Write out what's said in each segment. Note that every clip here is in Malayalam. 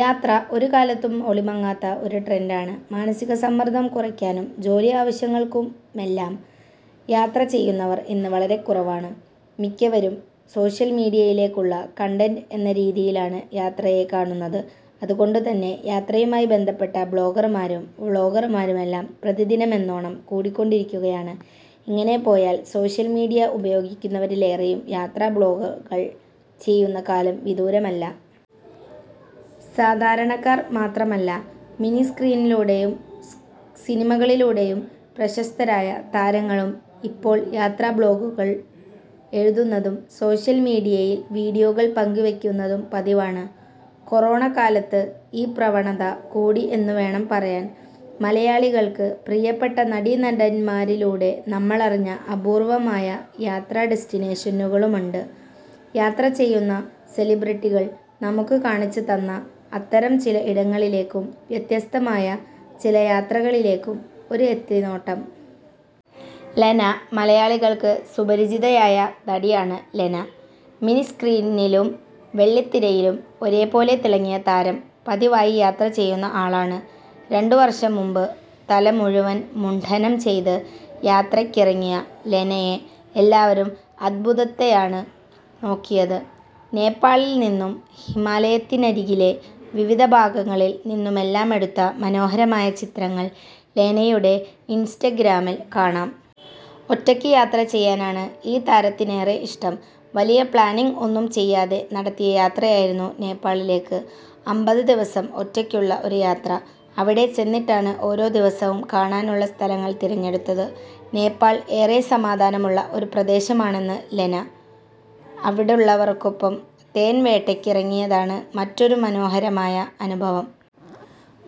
യാത്ര ഒരു കാലത്തും ഒളിമങ്ങാത്ത ഒരു ട്രെന്‍ഡാണ്. മാനസിക സമ്മര്‍ദ്ദം കുറയ്ക്കാനും ജോലി ആവശ്യങ്ങൾക്കു മെല്ലാം യാത്ര ചെയ്യുന്നവർ ഇന്ന് വളരെക്കുറവാണ്. മിക്കവരും സോഷ്യല്‍ മീഡിയയിലിലേക്കുള്ള കണ്ടന്റ് എന്ന രീതിയിലാണ് യാത്രയെ കാണുന്നത്. അതുകൊണ്ടുതന്നെ യാത്രയുമായി ബന്ധപ്പെട്ട ബ്ലോഗർമാരും വ്ലോഗർമാരുമെല്ലാം പ്രതിദിനമെന്നോണം കൂടിക്കൊണ്ടിരിക്കുകയാണ്. ഇങ്ങനെ പോയാല്‍ സോഷ്യല്‍ മീഡിയ ഉപയോഗിക്കുന്നവരിലേറെയും യാത്രാബ്ലോഗുകൾ ചെയ്യുന്ന കാലം വിദൂരമല്ല. സാധാരണക്കാര്‍ മാത്രമല്ല, മിനിസ്ക്രീനിലൂടെയും സിനിമകളിലൂടെയും പ്രശസ്തരായ താരങ്ങളും ഇപ്പോള്‍ യാത്രാബ്ലോഗുകൾ എഴുതുന്നതും സോഷ്യല്‍ മീഡിയയിൽ വീഡിയോകള്‍ പങ്കുവയ്ക്കുന്നതും പതിവാണ്. കൊറോണക്കാലത്ത് ഈ പ്രവണത കൂടി എന്നുവേണം പറയാന്‍. മലയാളികള്‍ക്ക് പ്രിയപ്പെട്ട നടീനടന്മാരിലൂടെ നമ്മളറിഞ്ഞ അപൂര്‍വമായ യാത്രാ ഡെസ്റ്റിനേഷനുകളുമുണ്ട്. യാത്ര ചെയ്യുന്ന സെലിബ്രിറ്റികൾ നമുക്കു കാണിച്ചുതന്ന അത്തരം ചില ഇടങ്ങളിലേക്കും വ്യത്യസ്തമായ ചില യാത്രകളിലേക്കും ഒരു എത്തിനോട്ടം. ലെന മലയാളികള്‍ക്ക് സുപരിചിതയായ നടിയാണ് ലെന. മിനിസ്ക്രീനിലും വെള്ളിത്തിരയിലും ഒരേപോലെ തിളങ്ങിയ താരം പതിവായി യാത്ര ചെയ്യുന്ന ആളാണ്. രണ്ടു വര്‍ഷം മുമ്പ്, തല മുഴുവന്‍ മുണ്ഡനം ചെയ്ത് യാത്രയ്ക്കിറങ്ങിയ ലെനയെ എല്ലാവരും അദ്ഭുതത്തെയാണ് നോക്കിയത്. നേപ്പാളില്‍ നിന്നും ഹിമാലയത്തിനരികിലെ വിവിധ ഭാഗങ്ങളില്‍ നിന്നുമെല്ലാമെടുത്ത മനോഹരമായ ചിത്രങ്ങള്‍ ലെനയുടെ ഇന്സ്റ്റഗ്രാമിൽ കാണാം. ഒറ്റയ്ക്ക് യാത്ര ചെയ്യാനാണ് ഈ താരത്തിനേറെ ഇഷ്ടം. വലിയ പ്ലാനിങ് ഒന്നും ചെയ്യാതെ നടത്തിയ യാത്രയായിരുന്നു നേപ്പാളിലേക്ക്. അമ്പത് ദിവസം ഒറ്റയ്ക്കുള്ള ഒരു യാത്ര. അവിടെ ചെന്നിട്ടാണ് ഓരോ ദിവസവും കാണാനുള്ള സ്ഥലങ്ങൾ തിരഞ്ഞെടുത്തത്. നേപ്പാൾ ഏറെ സമാധാനമുള്ള ഒരു പ്രദേശമാണെന്നു ലെന. അവിടുള്ളവർക്കൊപ്പം തേൻ വേട്ടയ്ക്കിറങ്ങിയതാണ് മറ്റൊരു മനോഹരമായ അനുഭവം.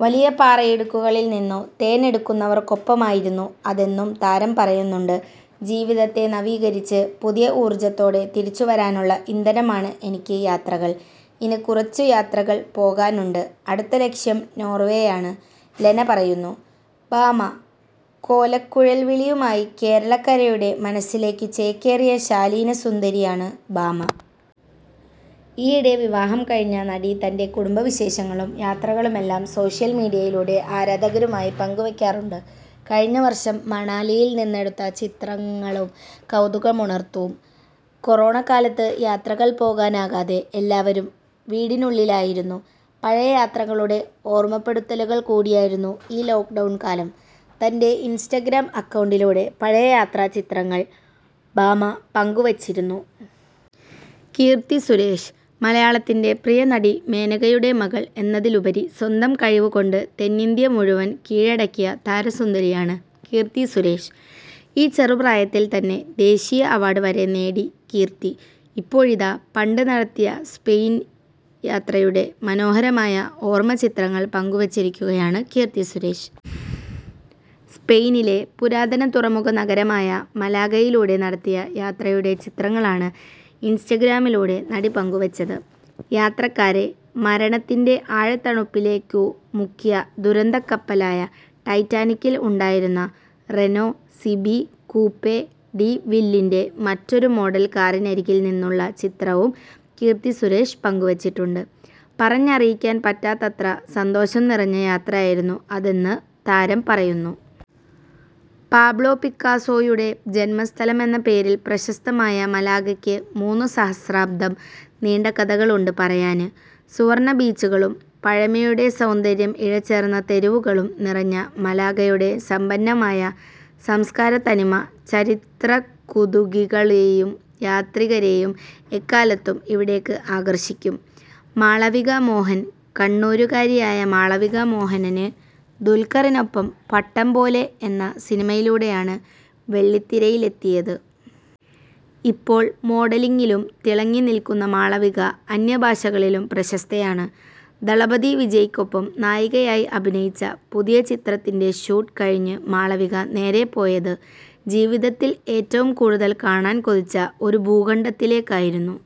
വലിയ പാറയിടുക്കുകളിൽ നിന്നു തേൻ എടുക്കുന്നവർക്കൊപ്പമായിരുന്നു അതെന്നും താരം പറയുന്നുണ്ട്. ' ജീവിതത്തെ നവീകരിച്ച് പുതിയ ഊർജത്തോടെ തിരിച്ചുവരാനുള്ള ഇന്ധനമാണ് എനിക്ക് യാത്രകൾ. ഇനി കുറച്ചു യാത്രകൾ പോകാനുണ്ട്. അടുത്ത ലക്ഷ്യം നോർവേയാണ് ' ലെന പറയുന്നു. ഭാമ കോലക്കുഴൽവിളിയുമായി കേരളക്കരയുടെ മനസ്സിലേക്കു ചേക്കേറിയ ശാലീനസുന്ദരിയാണ് ഭാമ. ഈയിടെ വിവാഹം കഴിഞ്ഞ നടി തന്‍റെ കുടുംബവിശേഷങ്ങളും യാത്രകളുമെല്ലാം സോഷ്യല്‍ മീഡിയയിലൂടെ ആരാധകരുമായി പങ്കുവയ്ക്കാറുണ്ട്. കഴിഞ്ഞ വര്‍ഷം മണാലിയിൽ നിന്നെടുത്ത ചിത്രങ്ങളും കൗതുകമുണർത്തൂം. കൊറോണക്കാലത്ത് യാത്രകൾ പോകാനാകാതെ എല്ലാവരും വീടിനുള്ളിലായിരുന്നു. പഴയ യാത്രകളുടെ ഓർമപ്പെടുത്തലുകൾ കൂടിയായിരുന്നു ഈ ലോക്ഡൗൺകാലം. തന്‍റെ ഇന്സ്റ്റഗ്രാം അക്കൗണ്ടിലൂടെ പഴയ യാത്രാചിത്രങ്ങൾ ഭാമ പങ്കു വച്ചിരുന്നു. കീര്‍ത്തി സുരേഷ് മലയാളത്തിന്‍റെ പ്രിയനടി മേനകയുടെ മകള്‍ എന്നതിലുപരി സ്വന്തം കഴിവുകൊണ്ട് തെന്നിന്ത്യ മുഴുവന്‍ കീഴടക്കിയ താരസുന്ദരിയാണ് കീര്‍ത്തി സുരേഷ്. ഈ ചെറുപ്രായത്തിൽത്തന്നെ ദേശീയ അവാര്‍ഡ് വരെ നേടി കീര്‍ത്തി. ഇപ്പോഴിതാ പണ്ട് നടത്തിയ സ്പെയിന് യാത്രയുടെ മനോഹരമായ ഓര്‍മ ചിത്രങ്ങള്‍ പങ്കുവച്ചിരിക്കുകയാണ് കീര്‍ത്തി സുരേഷ്. സ്പെയിനിലെ പുരാതന തുറമുഖ നഗരമായ മലാഗയിലൂടെ നടത്തിയ യാത്രയുടെ ചിത്രങ്ങളാണ് ഇന്സ്റ്റഗ്രാമിലൂടെ നടി പങ്കുവച്ചത്. യാത്രക്കാരെ മരണത്തിന്‍റെ ആഴത്തണുപ്പിലേക്കു മുക്കിയ ദുരന്തക്കപ്പലായ ടൈറ്റാനിക്കിൽ ഉണ്ടായിരുന്ന റെനോ സിബി കൂപ്പേ ഡി വില്ലിന്‍റെ മറ്റൊരു മോഡൽ കാറിനരികിൽ നിന്നുള്ള ചിത്രവും കീർത്തി സുരേഷ് പങ്കുവച്ചിട്ടുണ്ട്. പറഞ്ഞറിയിക്കൻ പറ്റാത്തത്ര സന്തോഷം നിറഞ്ഞ യാത്രയായിരുന്നു അതെന്നു താരം പറയുന്നു. പാബ്ലോ പിക്കാസോയുടെ ജന്മസ്ഥലമെന്ന പേരില്‍ പ്രശസ്തമായ മലാഗയ്ക്ക് മൂന്നു സഹസ്രാബ്ദം നീണ്ട കഥകളുണ്ട് പറയാന്. സുവര്‍ണ്ണ ബീച്ചുകളും പഴമയുടെ സൗന്ദര്യം ഇഴ ചേര്‍ന്ന തെരുവുകളും നിറഞ്ഞ മലാഗയുടെ സമ്പന്നമായ സംസ്കാരത്തനിമ ചരിത്രകുതുകികളെയും യാത്രികരെയും എക്കാലത്തും ഇവിടേക്ക് ആകര്‍ഷിക്കും. മാളവിക മോഹൻ കണ്ണൂരുകാരിയായ മാളവിക മോഹനന്, ദുൽക്കറിനൊപ്പം ' പട്ടം പോലെ ' എന്ന സിനിമയിലൂടെയാണ് വെള്ളിത്തിരയിലെത്തിയത്. ഇപ്പോള്‍ മോഡലിങ്ങിലും തിളങ്ങി നില്‍ക്കുന്ന മാളവിക അന്യഭാഷകളിലും പ്രശസ്തയാണ്. ദളപതി വിജയ്ക്കൊപ്പം നായികയായി അഭിനയിച്ച പുതിയ ചിത്രത്തിന്‍റെ ഷൂട്ട് കഴിഞ്ഞ് മാളവിക നേരേ പോയത് ജീവിതത്തില്‍ ഏറ്റവും കൂടുതല്‍ കാണാന്‍ കൊതിച്ച ഒരു ഭൂഖണ്ഡത്തിലേക്കായിരുന്നു.